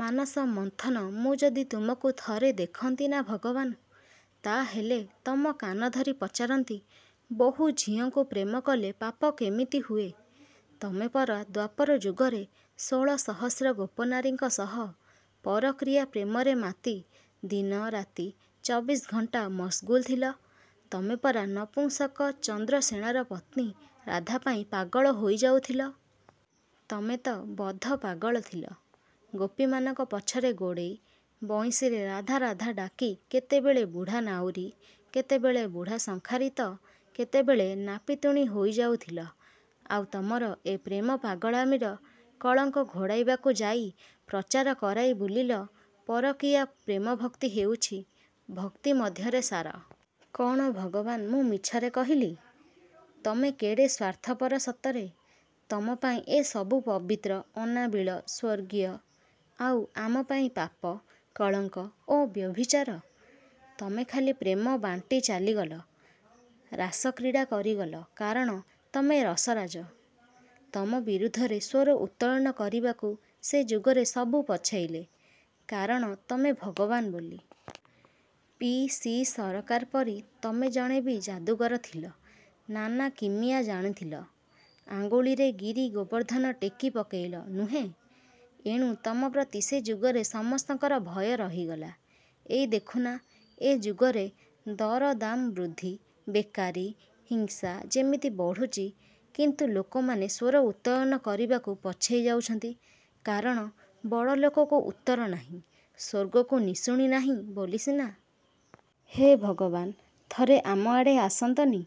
ମାନସ ମନ୍ଥନ ମୁଁ ଯଦି ତମକୁ ଥରେ ଦେଖନ୍ତିନା ଭଗବାନ; ତା'ହେଲେ ତମ କାନଧରି ପଚାରନ୍ତି–ବହୁ ଝିଅଙ୍କୁ ପ୍ରେମକଲେ ପାପ କେମିତି ହୁଏ? ତମେ ପରା ଦ୍ୱାପରଯୁଗରେ ଷୋଳସହସ୍ର ଗୋପନାରୀଙ୍କ ସହ ପରକୀୟା ପ୍ରେମରେ ମାତି ଦିନ-ରାତି ଚବିଶ ଘଣ୍ଟା ମସ୍ଗୁଲ ଥିଲ! ତମେପରା ନପୁଂସକ ଚନ୍ଦ୍ରସେଣାର ପତ୍ନୀ ରାଧାପାଇଁ ପାଗଳ ହୋଇଯାଉଥିଲ! ତମେ ତ ବଦ୍ଧପାଗଳ ଥିଲ। ଗୋପୀମାନଙ୍କ ପଛରେ ଗୋଡ଼େଇ, ବଂଇଶୀରେ ରାଧା ରାଧା ଡାକି କେତେବେଳେ ବୁଢ଼ା ନାଉରୀ, କେତେବେଳେ ବୁଢ଼ା ଶଙ୍ଖାରୀ ତ କେତେବେଳେ ନାପିତୁଣୀ ହୋଇଯାଉଥିଲ। ଆଉ ତମର ଏ ପ୍ରେମ ପାଗଳାମିର କଳଙ୍କ ଘୋଡ଼ାଇବାକୁ ଯାଇ ପ୍ରଚାର କରାଇ ବୁଲିଲ ପରକୀୟା ପ୍ରେମଭକ୍ତି ହେଉଛି ଭକ୍ତି ମଧ୍ୟରେ ସାର। କ'ଣ ଭଗବାନ ମୁଁ ମିଛରେ କହିଲି? ତମେ କେଡ଼େ ସ୍ଵାର୍ଥପର ସତରେ। ତମ ପାଇଁ ଏ ସବୁ ପବିତ୍ର, ଅନାବିଳ, ସ୍ୱର୍ଗୀୟ; ଆଉ ଆମପାଇଁ ପାପ, କଳଙ୍କ ଓ ବ୍ୟଭିଚାର! ତମେ ଖାଲି ପ୍ରେମ ବାଣ୍ଟି ଚାଲିଗଲ, ରାସକ୍ରୀଡ଼ା କରିଗଲ, କାରଣ ତମେ ରସରାଜ। ତମ ବିରୁଦ୍ଧରେ ସ୍ଵର ଉତ୍ତୋଳନ କରିବାକୁ ସେ ଯୁଗରେ ସବୁ ପଛେଇଲେ; କାରଣ ତମେ ଭଗବାନ ବୋଲି। ପି. ସି. ସରକାର ପରି ତମେ ଜଣେ ବି ଯାଦୁକର ଥିଲ। ନାନା କିମିଆ ଜାଣିଥିଲ। ଆଙ୍ଗୁଳିରେ ଗିରି ଗୋବର୍ଦ୍ଧନ ଟେକି ପକେଇଲ, ନୁହେଁ? ଏଣୁ ତମପ୍ରତି ସେ ଯୁଗରେ ସମସ୍ତଙ୍କର ଭୟ ରହିଗଲା। ଏଇ ଦେଖୁନା, ଏ ଯୁଗରେ ଦରଦାମ୍ ବୃଦ୍ଧି, ବେକାରୀ, ହିଂସା ଯେମିତି ବଢ଼ୁଛି କିନ୍ତୁ ଲୋକମାନେ ସ୍ଵର ଉତ୍ତୋଳନ କରିବାକୁ ପଛେଇଯାଉଛନ୍ତି; କାରଣ 'ବଡ଼ଲୋକକୁ ଉତ୍ତର ନାହିଁ, ସ୍ଵର୍ଗକୁ ନିଶୁଣୀ ନାହିଁ' ବୋଲି ସିନା! ହେ ଭଗବାନ! ଥରେ ଆମଆଡ଼େ ଆସନ୍ତନି?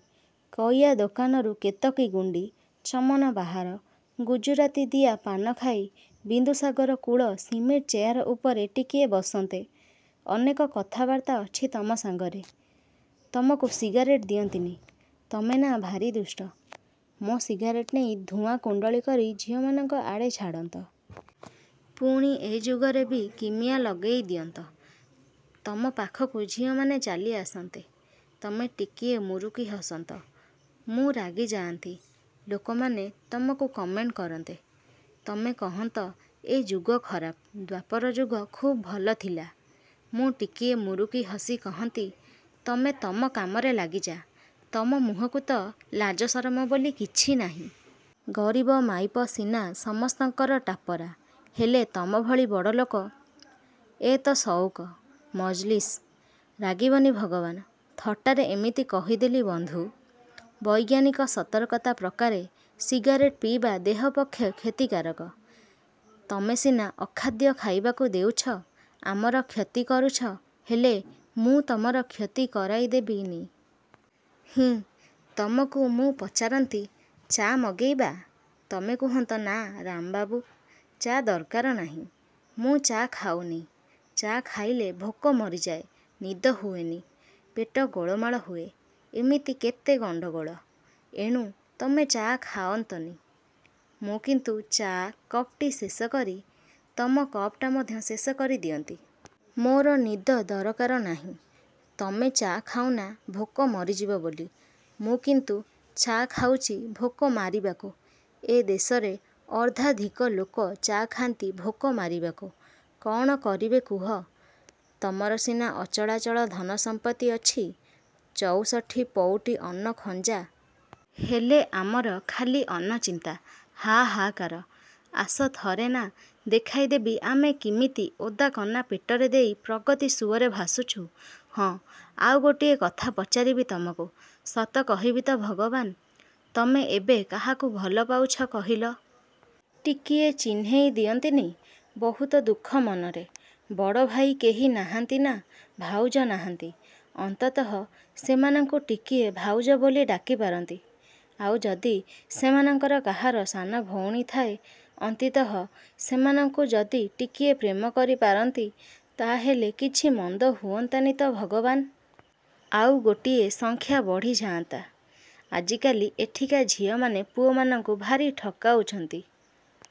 କଇଆ ଦୋକାନରୁ କେତକୀଗୁଣ୍ଡି, ଚମନବାହାର, ଗୁଜୁରାତିଦିଆ ପାନ ଖାଇ ବିନ୍ଦୁସାଗର କୂଳ ସିମେଣ୍ଟ ଚେୟାର ଉପରେ ଟିକିଏ ବସନ୍ତେ–ଅନେକ କଥାବାର୍ତ୍ତା ଅଛି ତମ ସାଙ୍ଗରେ। ତମକୁ ସିଗାରେଟ୍ ଦିଅନ୍ତନି। ତମେ ନା ଭାରୀ ଦୁଷ୍ଟ! ମୋ' ସିଗାରେଟ୍ ନେଇ ଧୂଆଁ କୁଣ୍ଡଳିକରି ଝିଅମାନଙ୍କ ଆଡ଼େ ଛାଡ଼ନ୍ତ। ପୁଣି ଏ ଯୁଗରେ ବି କିମିଆ ଲଗେଇ ଦିଅନ୍ତ। ତମ ପାଖକୁ ଝିଅମାନେ ଚାଲିଆସନ୍ତେ। ତମେ ଟିକିଏ ମୁରୁକି ହସନ୍ତ। ମୁଁ ରାଗିଯାଆନ୍ତି। ଲୋକମାନେ ତମକୁ କମେଣ୍ଟ କରନ୍ତେ। ତମେ କହନ୍ତ–ଏ ଯୁଗ ଖରାପ, ଦ୍ଵାପରଯୁଗ ଖୁବ୍ ଭଲ ଥିଲା। ମୁଁ ଟିକିଏ ମୁରୁକି ହସି କହନ୍ତି–ତମେ ତମ କାମରେ ଲଗିଯା; ତମ ମୁହଁକୁ ତ ଲାଜସରମ ବୋଲି କିଛି ନାହିଁ। ଗରିବ ମାଇପ ସିନା ସମସ୍ତଙ୍କର ଟାପରା; ହେଲେ ତମଭଳି ବଡ଼ଲୋକ। ଏ ତ ସଉକ, ମଜଲିସ୍। ରାଗିବନି ଭଗବାନ। ଥଟ୍ଟାରେ ଏମିତି କହିଦେଲି ବନ୍ଧୁ! ବୈଜ୍ଞାନିକ ସତର୍କତା ପ୍ରକାରେ ସିଗାରେଟ୍ ପିଇବା ଦେହପକ୍ଷେ କ୍ଷତିକାରକ। ତମେ ସିନା ଅଖାଦ୍ୟ ଖାଇବାକୁ ଦେଉଛ, ଆମର କ୍ଷତି କରୁଛ, ହେଲେ ମୁଁ ତମର କ୍ଷତିକରାଇଦେବି ନି। ହିଁ, ତମକୁ ମୁଁ ପଚାରନ୍ତି–ଚା' ମଗେଇବା? ତମେ କୁହନ୍ତ–ନା, ରାମବାବୁ। ଚା' ଦରକାର ନାହିଁ। ମୁଁ ଚା' ଖାଉନି। ଚା' ଖାଇଲେ ଭୋକ ମରିଯାଏ, ନିଦ ହୁଏନି। ପେଟ ଗୋଳମାଳ ହୁଏ–ଏମିତି କେତେ ଗଣ୍ଡଗୋଳ। ଏଣୁ ତମେ ଚା' ଖାଅନ୍ତନି। ମୁଁ କିନ୍ତୁ ଚା' କପ୍ଟି ଶେଷକରି ତମ କପ୍ଟା ମଧ୍ୟ ଶେଷକରି ଦିଅନ୍ତି। ମୋର ନିଦ ଦରକାର ନାହିଁ। ତମେ ଚା' ଖାଉନା ଭୋକ ମରିଯିବ ବୋଲି। ମୁଁ କିନ୍ତୁ ଚା' ଖାଉଛି ଭୋକମାରିବାକୁ। ଏ ଦେଶରେ ଅର୍ଦ୍ଧାଧିକ ଲୋକ ଚା' ଖାଆନ୍ତି ଭୋକମାରିବାକୁ। କ'ଣ କରିବେ କୁହ? ତମର ସିନା ଅଚଳାଚଳ ଧନ ସଂପତ୍ତି ଅଛି। ଚଉଷଠି ପଉଟି ଅନ୍ନ ଖଞ୍ଜା। ହେଲେ ଆମର ଖାଲି ଅନ୍ନ ଚିନ୍ତା, ହା–ହାକାର। ଆସ ଥରେ ନା, ଦେଖାଇଦେବି ଆମେ କିମିତି ଓଦାକନା ପେଟରେ ଦେଇ ପ୍ରଗତି ସୁଅରେ ଭାସୁଛୁ। ହଁ, ଆଉ ଗୋଟିଏ କଥା ପଚାରିବି ତମକୁ। ସତ କହିବି ତ ଭଗବାନ? ତମେ ଏବେ କାହାକୁ ଭଲପାଉଛ କହିଲ? ଟିକିଏ ଚିହ୍ନେଇ ଦିଅନ୍ତିନି? ବହୁତ ଦୁଃଖ ମନରେ। ବଡ଼ଭାଇ କେହି ନାହାନ୍ତି ନା, ଭାଉଜ ନାହାଁନ୍ତି। ଅନ୍ତତଃ ସେମାନଙ୍କୁ ଟିକିଏ ଭାଉଜ ବୋଲି ଡାକିପାରନ୍ତି। ଆଉ ଯଦି ସେମାନଙ୍କର କାହାର ସାନ ଭଉଣୀ ଥାଏ ଅନ୍ତିତଃ ସେମାନଙ୍କୁ ଯଦି ଟିକିଏ ପ୍ରେମକରି ପାରନ୍ତି ତା'ହେଲେ କିଛି ମନ୍ଦ ହୁଅନ୍ତାନି ତ ଭଗବାନ! ଆଉ ଗୋଟିଏ ସଂଖ୍ୟା ବଢ଼ିଯାଆନ୍ତା। ଆଜିକାଲି ଏଠିକା ଝିଅମାନେ ପୁଅମାନଙ୍କୁ ଭାରୀ ଠକାଉଛନ୍ତି।